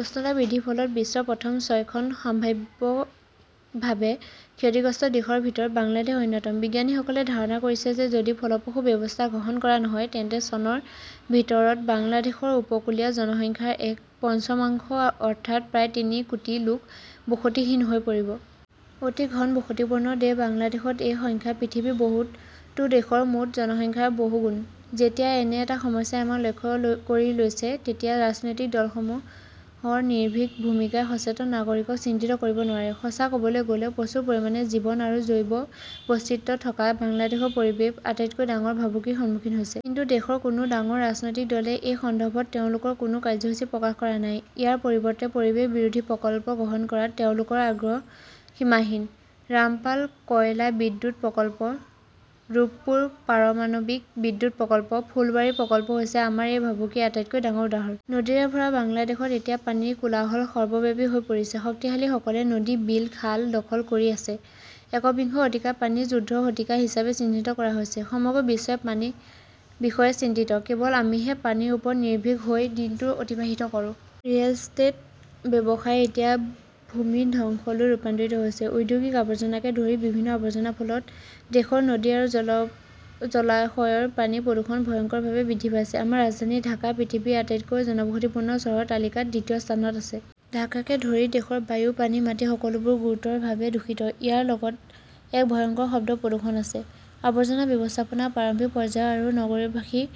উষ্ণতা বৃদ্ধিৰ ফলত বিশ্বৰ প্ৰথম ছয়খন সম্ভাৱ্যভাৱে ক্ষতিগ্ৰস্ত দেশৰ ভিতৰত বাংলাদেশ অন্যতম। বিজ্ঞানীসকলে ধাৰণা কৰিছে যে যদি ফলপ্ৰসূ ব্যৱস্থা গ্ৰহণ কৰা নহয় তেন্তে চনৰ ভিতৰত বাংলাদেশৰ উপকূলীয় জনসংখ্যাৰ এক পঞ্চমাংশ, অৰ্থাৎ প্ৰায় তিনি কোটি লোক বসতিহীন হৈ পৰিব। অতি ঘনবসতিপূৰ্ণ দেশ বাংলাদেশত এই সংখ্যা পৃথিৱীৰ বহুতো দেশৰ মুঠ জনসংখ্যাৰ বহুগুণ। যেতিয়া এনে এটা সমস্যাই আমাক লক্ষ্য কৰি লৈছে, তেতিয়া ৰাজনৈতিক দলসমূহৰ নিৰ্ভীক ভূমিকাই সচেতন নাগৰিকক চিন্তিত কৰিব নোৱাৰে। সঁচা কবলৈ গ'লে, প্ৰচুৰ পৰিমাণে জীৱন আৰু জৈৱ বৈচিত্ৰ্যথকা বাংলাদেশৰ পৰিৱেশ আটাইতকৈ ডাঙৰ ভাবুকিৰ সন্মুখীন হৈছে। কিন্তু দেশৰ কোনো ডাঙৰ ৰাজনৈতিক দলে এই সন্দৰ্ভত তেওঁলোকৰ কোনো কাৰ্যসূচী প্ৰকাশ কৰা নাই। ইয়াৰ পৰিৱৰ্তে পৰিৱেশ বিৰোধী প্ৰকল্প গ্ৰহণ কৰাত তেওঁলোকৰ আগ্ৰহ সীমাহীন। ৰামপাল কয়লা বিদ্যুৎ প্ৰকল্প, ৰূপপুৰ পাৰমাণৱিক বিদ্যুৎ প্ৰকল্প, ফুলবাৰী প্ৰকল্প হৈছে আমাৰ এই ভাবুকিৰ আটাইতকৈ ডাঙৰ উদাহৰণ। নদীৰে ভৰা বাংলাদেশত এতিয়া পানীৰ কোলাহল সৰ্বব্যাপী হৈ পৰিছে। শক্তিশালীসকলে নদী, বিল, খাল দখল কৰি আছে। একবিংশ শতিকাক পানী যুদ্ধৰ শতিকা হিচাপে চিহ্নিত কৰা হৈছে। সমগ্ৰ বিশ্বই পানীৰ বিষয়ে চিন্তিত। কেৱল আমিহে পানীৰ ওপৰত নিৰ্ভীক হৈ দিনটো অতিবাহিত কৰোঁ! ৰিয়েল ইষ্টেট ব্যৱসায় এতিয়া ভূমিধ্বসলৈ ৰূপান্তৰিত হৈছে। ঔদ্যোগিক আৱৰ্জনাকে ধৰি বিভিন্ন আৱৰ্জনাৰ ফলত দেশত নদী আৰু জলাশয়ৰ পানীৰ প্ৰদূষণ ভয়ংকৰভাৱে বৃদ্ধি পাইছে। আমাৰ ৰাজধানী ঢাকা পৃথিৱীৰ আটাইতকৈ জনবসতিপূৰ্ণ চহৰৰ তালিকাত দ্বিতীয় স্থানত আছে। ঢাকাকে ধৰি দেশৰ বায়ু, পানী, মাটি-সকলোবোৰ গুৰুতৰভাৱে দূষিত। ইয়াৰ লগত এক ভয়ংকৰ শব্দ প্ৰদূষণ আছে। আৱৰ্জনা ব্যৱস্থাপনা প্ৰাৰম্ভিক পৰ্যায়ৰ আৰু নগৰবাসীৰ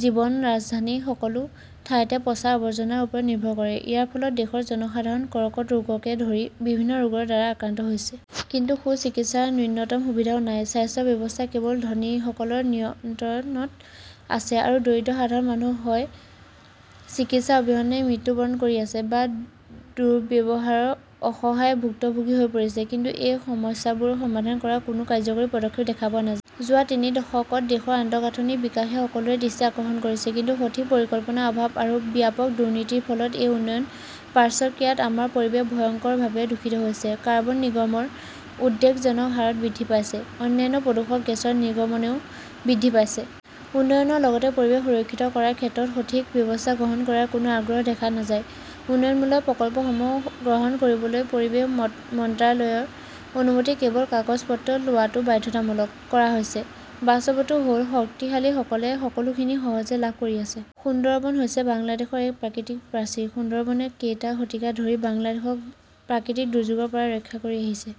জীৱন ৰাজধানীৰ সকলো ঠাইতে পচা আৱৰ্জনাৰ ওপৰত নিৰ্ভৰ কৰে। ইয়াৰ ফলত দেশৰ জনসাধাৰণ কৰ্কট ৰোগকে ধৰি বিভিন্ন ৰোগৰ দ্বাৰা আক্ৰান্ত হৈছে। কিন্তু সু-চিকিৎসাৰ ন্যূনতম সুবিধাও নাই। স্বাস্থ্য ব্যৱস্থা কেৱল ধনীসকলৰ নিয়ন্ত্ৰণত আছে আৰু দৰিদ্ৰ সাধাৰণ মানুহ হয় চিকিৎসা অবিহনে মৃত্যুবৰণ কৰি আছে, বা দুৰ্ব্যৱহাৰৰ অসহায় ভুক্তভোগী হৈ পৰিছে। কিন্তু এই সমস্যাবোৰ সমাধান কৰাৰ কোনো কাৰ্যকৰী পদক্ষেপ দেখা পোৱা নাযায়। যোৱা তিনি দশকত দেশৰ আন্তঃগাঁথনিৰ বিকাশে সকলোৰে দৃষ্টি আকৰ্ষণ কৰিছে। কিন্তু সঠিক পৰিকল্পনাৰ অভাৱ আৰু ব্যাপক দুৰ্নীতিৰ ফলত এই উন্নয়নৰ পাৰ্শ্বক্ৰিয়াত আমাৰ পৰিৱেশ ভয়ংকৰভাৱে দূষিত হৈছে। কাৰ্বন নিৰ্গমন উদ্বেগজনক হাৰত বৃদ্ধি পাইছে। অন্যান্য প্ৰদূষক গেছৰ নিৰ্গমনও বৃদ্ধি পাইছে। উন্নয়নৰ লগতে পৰিৱেশ সুৰক্ষিত কৰাৰ ক্ষেত্ৰতো সঠিক ব্যৱস্থা গ্ৰহণ কৰাৰ কোনো আগ্ৰহ দেখা নাযায়। উন্নয়নমূলক প্ৰকল্পসমূহ গ্ৰহণ কৰিবলৈ পৰিৱেশ মন্ত্ৰালয়ৰ অনুমতি কেৱল কাগজ-পত্ৰত লোৱাটো বাধ্যতামূলক কৰা হৈছে। বাস্তৱটো হ 'ল, শক্তিশালীসকলে সকলোখিনি সহজে লাভ কৰি আছে। সুন্দৰবন হৈছে বাংলাদেশৰ এক প্ৰাকৃতিক প্ৰাচীৰ। সুন্দৰবনে কেইবা শতিকা ধৰি বাংলাদেশক প্ৰাকৃতিক দুৰ্যোগৰ পৰা ৰক্ষা কৰি আহিছে।